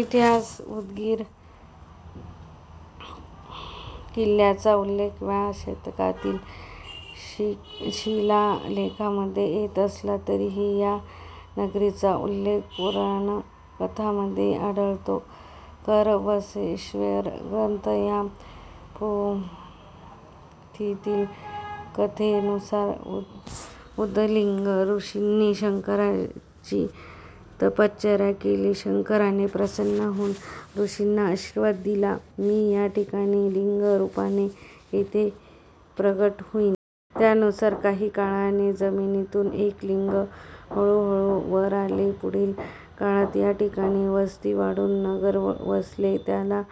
इतिहास उदगिर किल्ल्याचा उल्लेख व्या शतकातील शिलालेखांमध्ये येत असला तरीही या नगरीचा उल्लेख पूराण कथांमध्येही आढळतो. करबसवेश्वर ग्रंथ या पोथीतील कथे नुसार उदलिंग ॠषींनी शंकराची तपश्चर्या केली. शंकराने प्रसन्न होऊन ॠषींनी आशिर्वाद दिला, मी या ठिकाणी लिंग रुपाने येथे प्रगट होईन. त्यानुसार काही काळाने जमिनीतून एक लिंग हळूहळू वर आले. पुढील काळात याठिकाणी वस्ती वाढून नगर वसले त्याला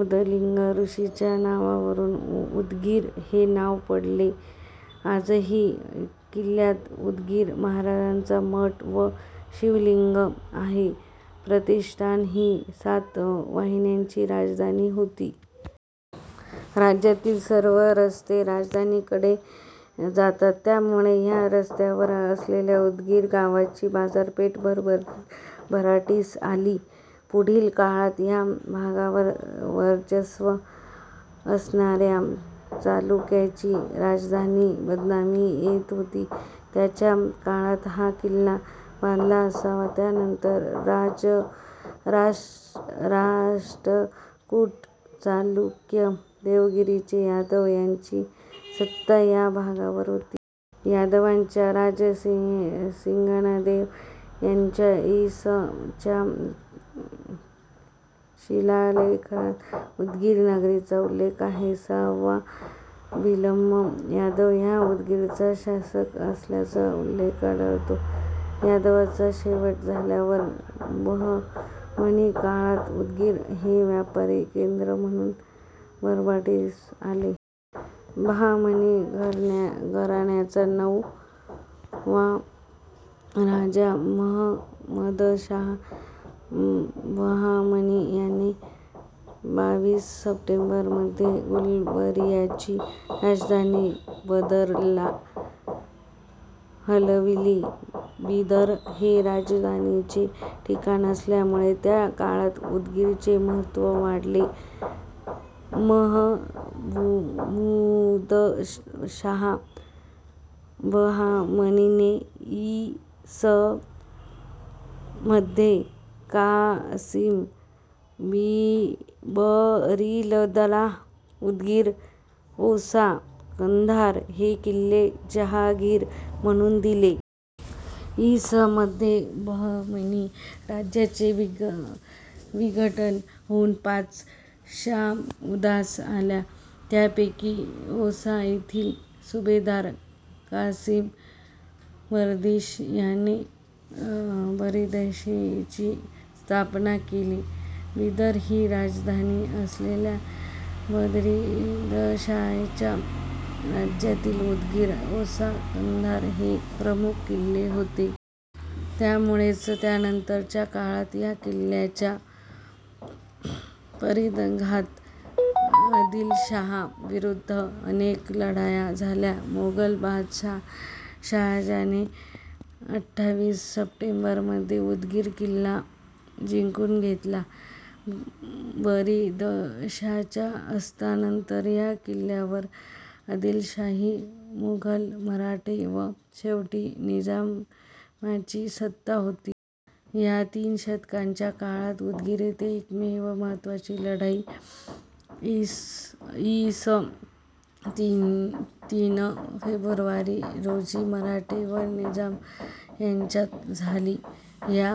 उदलिंग ॠषींच्या नावावरून उदगीर हे नाव पडले. आजही किल्ल्यात उदगिर महाराजांचा मठ व शिवलिंग आहे. प्रतिष्ठाण ही सातवाहनांची राजधानी होती. राज्यातील सर्व रस्ते राजधानीकडे जातात. त्यामुळे या रस्त्यावर असलेल्या उदगीर गावाची बाजारपेठ भरभराटीस आली. पुढील काळात या भागावर वर्चस्व असणार्या चालुक्यांची राजधानी बदामी येथे होती, त्यांच्या काळात हा किल्ला बांधला असावा. त्यानंतर राष्टकुट, चालुक्य, देवगिरीचे यादव यांची सत्ता या भागावर होती. यादवांच्या राजा सिंघनदेव यांच्या इ. स. च्या शिलालेखात उदगीर नगरीचा उल्लेख आहे. सहावा भिल्लम यादव हा उदगीरचा शासक असल्याचा उल्लेख आढळतो. यादवांचा शेवट झाल्यावर बहमनी काळात उदगीर हे व्यापारी केंद्र म्हणून भरभराटीस आले. बहामनी घराण्याचा नऊ वा राजा महमदशहा बहामनी याने बावीस सप्टेंबर मध्ये गुलबर्ग्याची राजधानी बिदरला हलविली. बिदर हे राजधानीचे ठिकाण असल्यामुळे त्या काळात उदगीरचे महत्व वाढले. महमुदशहा बहामनीने इ. स. मध्ये कासीम बरीदला उदगीर, औसा, कंधार हे किल्ले जहागिर म्हणून दिले. इ. स. मध्ये बहमनी राज्याचे विघटन होऊन पाच शाह्या उदयास आल्या. त्यापैकी औसा येथील सुभेदार कासीम बरीद याने बरीदशाहीची स्थापना केली. बिदर हि राजधानी असलेल्या बरीदशाहीच्या राज्यातील उदगीर, औसा, कंधार हे प्रमुख किल्ले होते. त्यामुळेच त्यानंतरच्या काळात या किल्ल्यांच्या परीघात आदिलशाही विरुध्द अनेक लढाया झाल्या. मोगल बादशहा शहाजहानने अठ्ठावीस सप्टेंबर मध्ये उदगीर किल्ला जिंकून घेतला. बरीदशाहीच्या अस्तानंतर या किल्ल्यावर आदिलशाही, मुघल, मराठे व शेवटी निजामाची सत्ता होती. या तीन शतकांच्या काळात उदगीर येथे एकमेव महत्वाची लढाई इ. स. तीन फेब्रुवारी रोजी मराठे व निजाम यांच्यात झाली. या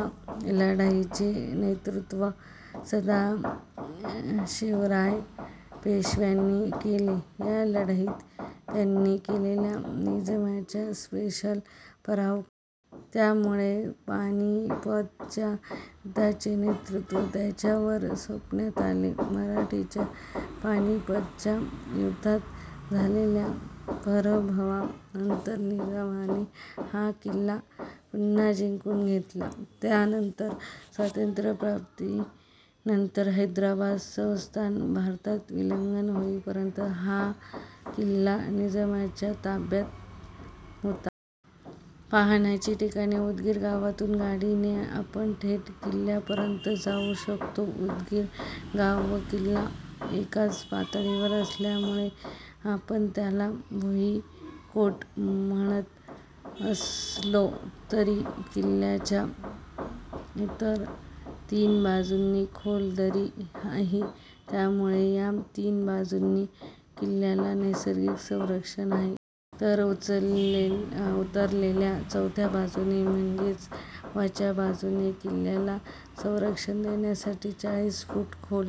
लढाईचे नेतृत्व सदाशिवराव पेशव्यांनी केले. या लढाईत त्यांनी केलेल्या निजामाच्या सपशेल पराभव केला. त्यामूळे पानिपतच्या युध्दाच्या नेतृत्व त्यांच्यावर सोपवण्यात आले. मराठ्यांच्या पानिपतच्या युध्दात झालेल्या परभवा नंतर निजामाने हा किल्ला पुन्हा जिंकून घेतला. त्यानंतर स्वातंत्र्य प्राप्ती नंतर हैद्राबाद संस्थान भारतात विलिन होईपर्यंत हा किल्ला निजामाच्या ताब्यात होता. पहाण्याची ठिकाणे उदगीर गावातून गाडीने आपण थेट किल्ल्यापर्यंत जाऊ शकतो. उदगीर गाव व किल्ला एकाच पातळीवर असल्यामूळे आपण त्याला भूईकोट म्हणत असलो तरी, किल्ल्याच्या इतर तीन बाजूंनी खोल दरी आहे. त्यामूळे या तीन बाजूंनी किल्ल्याला नैसर्गिक संरक्षण आहे. तर उरलेल्या चौथ्या बाजूने म्हणजेच गावाच्या बाजूने किल्ल्याला संरक्षण देण्यासाठी चाळीस फूट खोल